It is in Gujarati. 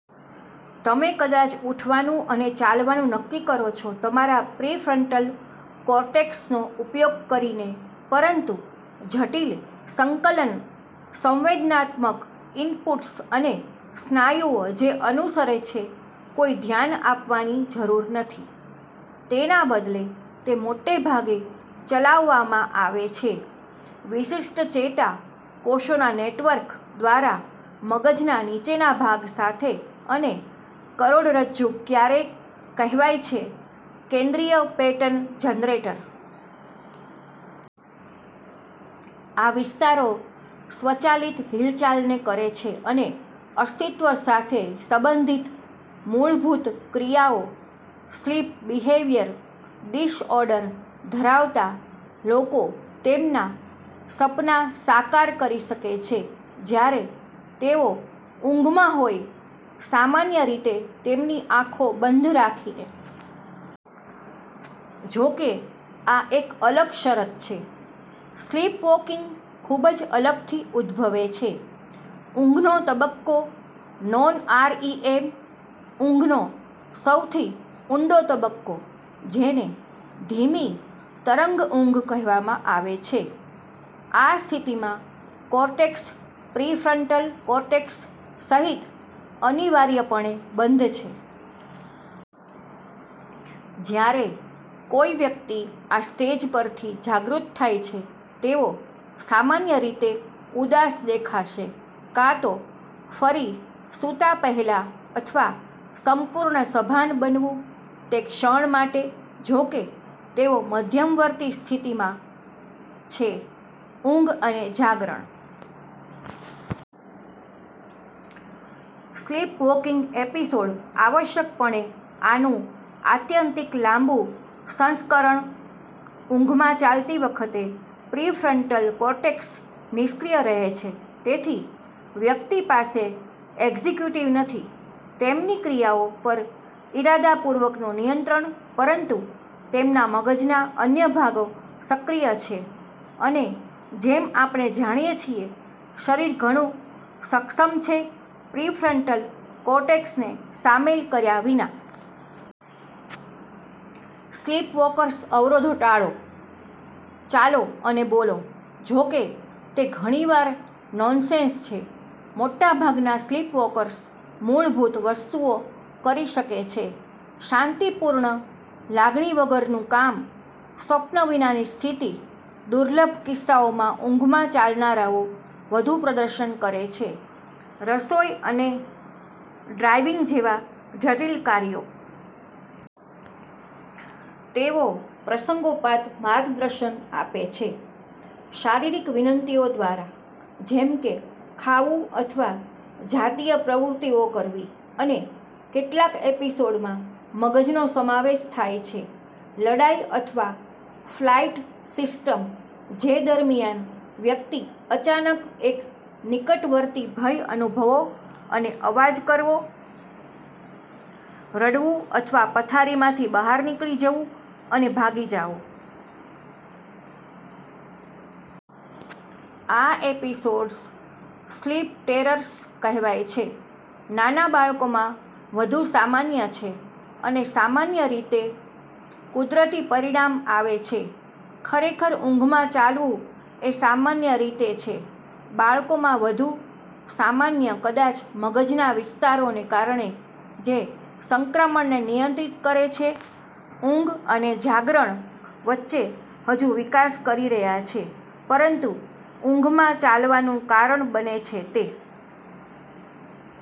તમે કદાચ ઉઠવાનું અને ચાલવાનું નક્કી કરો છો તમારા પ્રીફ્રન્ટલ કોર્ટેક્સનો ઉપયોગ કરીને, પરંતુ જટિલ સંકલન સંવેદનાત્મક ઇનપુટ્સ અને સ્નાયુઓ જે અનુસરે છે કોઈ ધ્યાન આપવાની જરૂર નથી. તેના બદલે, તે મોટે ભાગે ચલાવવામાં આવે છે વિશિષ્ટ ચેતા કોષોના નેટવર્ક દ્વારા મગજના નીચેના ભાગ સાથે અને કરોડરજ્જુ, ક્યારેક કહેવાય છે "કેન્દ્રીય પેટર્ન જનરેટર. " આ વિસ્તારો સ્વચાલિત હિલચાલને કરે છે અને અસ્તિત્વ સાથે સંબંધિત મૂળભૂત ક્રિયાઓ. સ્લીપ બિહેવિયર ડિસઓર્ડર ધરાવતા લોકો તેમના સપના સાકાર કરી શકે છે જ્યારે તેઓ ઊંઘમાં હોય, સામાન્ય રીતે તેમની આંખો બંધ રાખીને. જો કે, આ એક અલગ શરત છે. સ્લીપવૉકિંગ ખૂબ જ અલગથી ઉદભવે છે ઊંઘનો તબક્કો- નોન-આરઈએમ ઊંઘનો સૌથી ઊંડો તબક્કો, જેને "ધીમી-તરંગ ઊંઘ" કહેવામાં આવે છે. આ સ્થિતિમાં, કોર્ટેક્સ, પ્રીફ્રન્ટલ કોર્ટેક્સ સહિત, અનિવાર્યપણે બંધ છે. જ્યારે કોઈ વ્યક્તિ આ સ્ટેજ પરથી જાગૃત થાય છે, તેઓ સામાન્ય રીતે ઉદાસ દેખાશે કાં તો ફરી સૂતા પહેલા અથવા સંપૂર્ણ સભાન બનવું. તે ક્ષણ માટે, જોકે, તેઓ મધ્યવર્તી સ્થિતિમાં છે ઊંઘ અને જાગરણ. સ્લીપવોકિંગ એપિસોડ, આવશ્યકપણે, આનું આત્યંતિક, લાંબું સંસ્કરણ. ઊંઘમાં ચાલતી વખતે, પ્રીફ્રન્ટલ કોર્ટેક્સ નિષ્ક્રિય રહે છે, તેથી વ્યક્તિ પાસે એક્ઝિક્યુટિવ નથી, તેમની ક્રિયાઓ પર ઇરાદાપૂર્વકનું નિયંત્રણ. પરંતુ તેમના મગજના અન્ય ભાગો સક્રિય છે. અને, જેમ આપણે જાણીએ છીએ, શરીર ઘણું સક્ષમ છે પ્રીફ્રન્ટલ કોર્ટેક્સને સામેલ કર્યા વિના. સ્લીપવોકર્સ અવરોધો ટાળો, ચાલો અને બોલો- જો કે તે ઘણીવાર નોનસેન્સ છે. મોટાભાગના સ્લીપવૉકર્સ મૂળભૂત વસ્તુઓ કરી શકે છે, શાંતિપૂર્ણ, લાગણી વગરનું કામ સ્વપ્ન વિનાની સ્થિતિ. દુર્લભ કિસ્સાઓમાં, ઊંઘમાં ચાલનારાઓ વધુ પ્રદર્શન કરે છે રસોઈ અને ડ્રાઇવિંગ જેવા જટિલ કાર્યો. તેઓ પ્રસંગોપાત માર્ગદર્શન આપે છે શારીરિક વિનંતીઓ દ્વારા, જેમ કે ખાવું અથવા જાતીય પ્રવૃત્તિઓ કરવી. અને કેટલાક એપિસોડમાં મગજનો સમાવેશ થાય છે લડાઈ અથવા ફ્લાઇટ સિસ્ટમ, જે દરમિયાન વ્યક્તિ અચાનક એક નિકટવર્તી ભય અનુભવો, અને અવાજ કરવો, રડવું અથવા પથારીમાંથી બહાર નીકળી જવું અને ભાગી જાઓ. આ એપિસોડ્સ, "સ્લીપ ટેરર્સ" કહેવાય છે. નાના બાળકોમાં વધુ સામાન્ય છે અને સામાન્ય રીતે કુદરતી પરિણામ આવે છે. ખરેખર, ઊંઘમાં ચાલવું એ સામાન્ય રીતે છે બાળકોમાં વધુ સામાન્ય, કદાચ મગજના વિસ્તારોને કારણે જે સંક્રમણને નિયંત્રિત કરે છે ઊંઘ અને જાગરણ વચ્ચે હજુ વિકાસ કરી રહ્યા છે. પરંતુ ઊંઘમાં ચાલવાનું કારણ બને છે તે